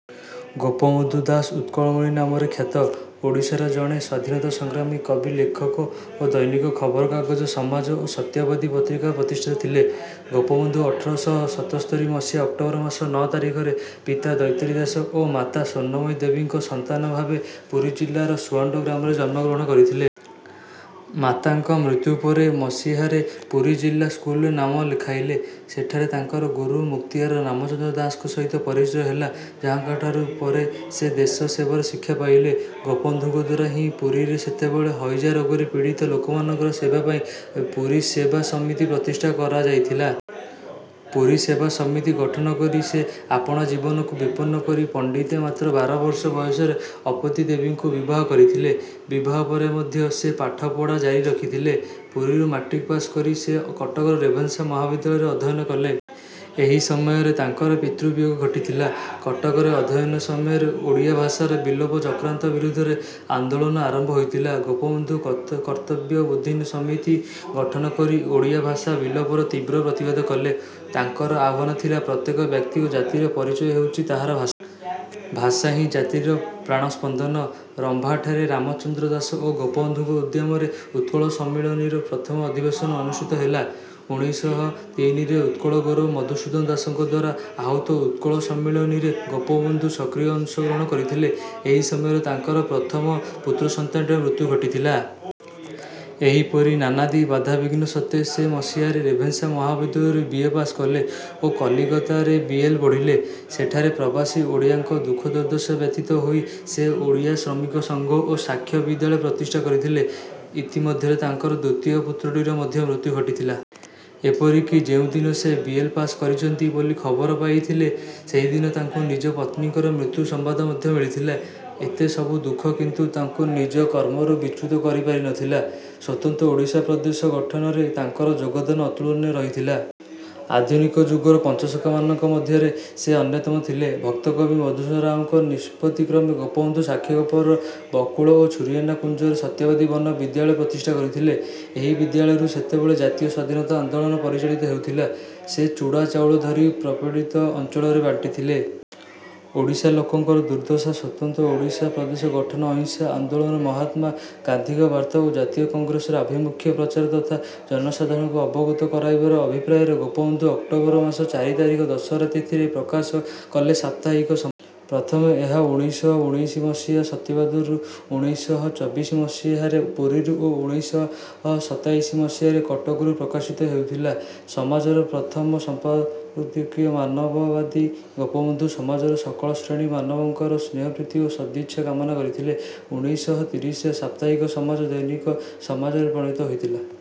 ଗୋପବନ୍ଧୁ ଦାସ ଉତ୍କଳମଣି ନାମରେ ଖ୍ୟାତ। ଓଡ଼ିଶାର ଜଣେ ସ୍ୱାଧିନତା ସଂଗ୍ରାମୀ କବି ଲେଖକ ଓ ଦୈନିକ ଖବର କାଗଜ ସମାଜ ଓ ସତ୍ୟବାଦୀ ପତ୍ରିକାର ପ୍ରତିଷ୍ଠାତା ଥିଲେ। ଗୋପବନ୍ଧୁ ଅଠର ଶହ ସତସ୍ତରି ମସିହା ଅକ୍ଟୋବର ମାସ ନଅ ତାରିଖରେ ପିତା ଦୈତାରି ଦାସ ଓ ମାତା ସ୍ୱର୍ଣ୍ଣମୟୀ ଦେବୀଙ୍କ ସନ୍ତାନ ଭାବେ ପୁରୀ ଜିଲ୍ଲାର ସୁଆଣ୍ଡୋ ଗ୍ରାମରେ ଜନ୍ମ ଗ୍ରହଣ କରିଥିଲେ। ମାତାଙ୍କ ମୃତ୍ୟୁ ପରେ ମସିହାରେ ପୁରୀ ଜିଲ୍ଲା ସ୍କୁଲରେ ନାମ ଲେଖାଇଲେ। ସେଠାରେ ତାଙ୍କର ଗୁରୁ ମୁକ୍ତିଆର ରାମଚନ୍ଦ୍ର ଦାସଙ୍କ ସହିତ ପରିଚୟ ହେଲା ଯାହଙ୍କ ଠାରୁ ପରେ ସେ ଦେଶ ସେବାର ଶିକ୍ଷା ପାଇଲେ। ଗୋପବନ୍ଧୁଙ୍କଦ୍ୱାରା ହିଁ ପୁରୀରେ ସେତେବେଳେ ହଇଜା ରୋଗରେ ପୀଡ଼ିତ ଲୋକମାନଙ୍କର ସେବା ପାଇଁ ପୁରୀ ସେବା ସମିତି ପ୍ରତିଷ୍ଠା କରାଯାଇଥିଲା। ପୁରୀ ସେବା ସମିତି ଗଠନ କରି ସେ ଆପଣା ଜୀବନକୁ ବିପନ୍ନ କରି ପଣ୍ଡିତେ ମାତ୍ର ବାର ବର୍ଷ ବୟସରେ ଅପତୀ ଦେବୀଙ୍କୁ ବିବାହ କରିଥିଲେ। ବିବାହ ପରେ ମଧ୍ୟ ସେ ପାଠ ପଢ଼ା ଜାରିରଖିଥିଲେ। ପୁରୀରୁ ମାଟ୍ରିକ ପାସ କରି ସେ କଟକର ରେଭେନ୍ସା ମହାବିଦ୍ୟାଳୟରେ ଅଧ୍ୟୟନ କଲେ। ଏହି ସମୟରେ ତାଙ୍କର ପିତୃବିୟୋଗ ଘଟିଥିଲା। କଟକରେ ଅଧ୍ୟୟନ ସମୟରେ ଓଡ଼ିଆ ଭାଷାର ବିଲୋପ ଚକ୍ରାନ୍ତ ବିରୋଧରେ ଆନ୍ଦୋଳନ ଆରମ୍ଭ ହୋଇଥିଲା। ଗୋପବନ୍ଧୁ କର୍ତବ୍ୟ ବୋଧିନୀ ସମିତି ଗଠନ କରି ଓଡ଼ିଆ ଭାଷା ବିଲୋପର ତୀବ୍ର ପ୍ରତିବାଦ କଲେ। ତାଙ୍କର ଆହ୍ୱାନ ଥିଲା ପ୍ରତ୍ୟେକ ବ୍ୟକ୍ତି ଓ ଜାତିର ପରିଚୟ ହେଉଛି ତାହାର ଭାଷା। ଭାଷାହିଁ ଜାତିର ପ୍ରାଣସ୍ପନ୍ଦନ। ରମ୍ଭାଠାରେ ରାମଚନ୍ଦ୍ର ଦାଶ ଓ ଗୋପବନ୍ଧୁଙ୍କ ଉଦ୍ୟମରେ ଉତ୍କଳ ସମ୍ମିଳନୀର ପ୍ରଥମ ଅଧିବେଶନ ଅନୁଷ୍ଠିତ ହେଲା। ଉଣେଇଶ ଶହ ତିନିରେ ଉତ୍କଳ ଗୌରବ ମଧୁସୂଦନ ଦାସଙ୍କଦ୍ୱାରା ଆହୂତ ଉତ୍କଳ ସମ୍ମିଳନୀରେ ଗୋପବନ୍ଧୁ ସକ୍ରିୟ ଅଂଶଗ୍ରହଣ କରିଥିଲେ। ଏହି ସମୟରେ ତାଙ୍କର ପ୍ରଥମ ପୁତ୍ରସନ୍ତାନଟିର ମୃତ୍ୟୁ ଘଟିଥିଲା। ଏହିପରି ନାନାଦି ବାଧାବିଘ୍ନ ସତ୍ତ୍ୱେ ସେ ମସିହାରେ ରେଭେନ୍ସା ମହାବିଦ୍ୟାଳୟରୁ ବିଏ ପାସ କଲେ ଓ କଲିକତାରେ ବିଏଲ ପଢ଼ିଲେ। ସେଠାରେ ପ୍ରବାସୀ ଓଡ଼ିଆଙ୍କ ଦୁଃଖଦୁର୍ଦ୍ଦଶାରେ ବ୍ୟଥିତ ହୋଇ ସେ ଓଡ଼ିଆ ଶ୍ରମିକ ସଂଘ ଓ ସାନ୍ଧ୍ୟ ବିଦ୍ୟାଳୟ ପ୍ରତିଷ୍ଠା କରିଥିଲେ। ଇତି ମଧ୍ୟରେ ତାଙ୍କର ଦ୍ୱିତୀୟ ପୁତ୍ରଟିର ମଧ୍ୟ ମୃତ୍ୟୁ ଘଟିଥିଲା। ଏପରିକି ଯେଉଁଦିନ ସେ ବିଏଲ ପାସ କରିଛନ୍ତି ବୋଲି ଖବର ପାଇଥିଲେ ସେହିଦିନ ତାଙ୍କୁ ନିଜ ପତ୍ନୀଙ୍କର ମୃତ୍ୟୁ ସମ୍ବାଦ ମଧ୍ୟ ମିଳିଥିଲା। ଏତେ ସବୁ ଦୁଃଖ କିନ୍ତୁ ତାଙ୍କୁ ନିଜ କର୍ମରୁ ବିଚ୍ୟୁତ କରିପାରିନଥିଲା। ସ୍ୱତନ୍ତ୍ର ଓଡ଼ିଶା ପ୍ରଦେଶ ଗଠନରେ ତାଙ୍କର ଯୋଗଦାନ ଅତୁଳନୀୟ ରହିଥିଲା। ଆଧୁନିକ ଯୁଗର ପଞ୍ଚସଖାମାନଙ୍କ ମଧ୍ୟରେ ସେ ଅନ୍ୟତମ ଥିଲେ। ଭକ୍ତକବି ମଧୁସୂଦନ ରାଓଙ୍କ ନିଷ୍ପତି କ୍ରମେ ଗୋପବନ୍ଧୁ ସାକ୍ଷୀଗୋପାଳର ବକୁଳ ଓ ଛୁରିଆନା କୁଞ୍ଜରେ ସତ୍ୟବାଦୀ ବନ ବିଦ୍ୟାଳୟ ପ୍ରତିଷ୍ଠା କରିଥିଲେ। ଏହି ବିଦ୍ୟାଳୟରୁ ସେତେବେଳେ ଜାତୀୟ ସ୍ୱାଧୀନତା ଆନ୍ଦୋଳନ ପରିଚାଳିତ ହେଉଥିଲା। ସେ ଚୁଡ଼ା ଚାଉଳ ଧରି ପ୍ରପୀଡ଼ିତ ଅଞ୍ଚଳରେ ବାଣ୍ଟିଥିଲେ। ଓଡ଼ିଶା ଲୋକଙ୍କର ଦୁର୍ଦ୍ଦଶା ସ୍ୱତନ୍ତ୍ର ଓଡ଼ିଶା ପ୍ରଦେଶ ଗଠନ ଅହିଂସା ଆନ୍ଦୋଳନ ମହାତ୍ମା ଗାନ୍ଧୀଙ୍କ ବାର୍ତ୍ତା ଓ ଜାତୀୟ କଂଗ୍ରେସର ଆଭିମୁଖ୍ୟ ପ୍ରଚାର ତଥା ଜନସାଧାରଣଙ୍କୁ ଅବଗତ କରାଇବାର ଅଭିପ୍ରାୟରେ ଗୋପବନ୍ଧୁ ଅକ୍ଟୋବର ମାସ ଚାରି ତାରିଖ ଦଶହରା ତିଥିରେ ପ୍ରକାଶ କଲେ ସାପ୍ତାହିକ ସମାଜ। ପ୍ରଥମେ ଏହା ଉଣେଇଶ ଶହ ଉଣେଇଶ ମସିହାରେ ସତ୍ୟବାଦୀରୁ ଉଣେଇଶ ଶହ ଚବିଶ ମସିହାରେ ପୁରୀରୁ ଓ ଉଣେଇଶ ଶହ ସତାଇଶ ମସିହାରେ କଟକରୁ ପ୍ରକାଶିତ ହେଉଥିଲା। ସମାଜର ପ୍ରଥମ ସମ୍ପାଦକୀୟରେ ମାନବବାଦୀ ଗୋପବନ୍ଧୁ ସମାଜର ସକଳ ଶ୍ରେଣୀ ମାନବଙ୍କର ସ୍ନେହ ପ୍ରୀତି ଓ ସଦିଚ୍ଛା କାମନା କରିଥିଲେ। ଉଣେଇଶ ଶହ ତିରିଶରେ ସାପ୍ତାହିକ ସମାଜ ଦୈନିକ ସମାଜରେ ପରିଣତ ହୋଇଥିଲା।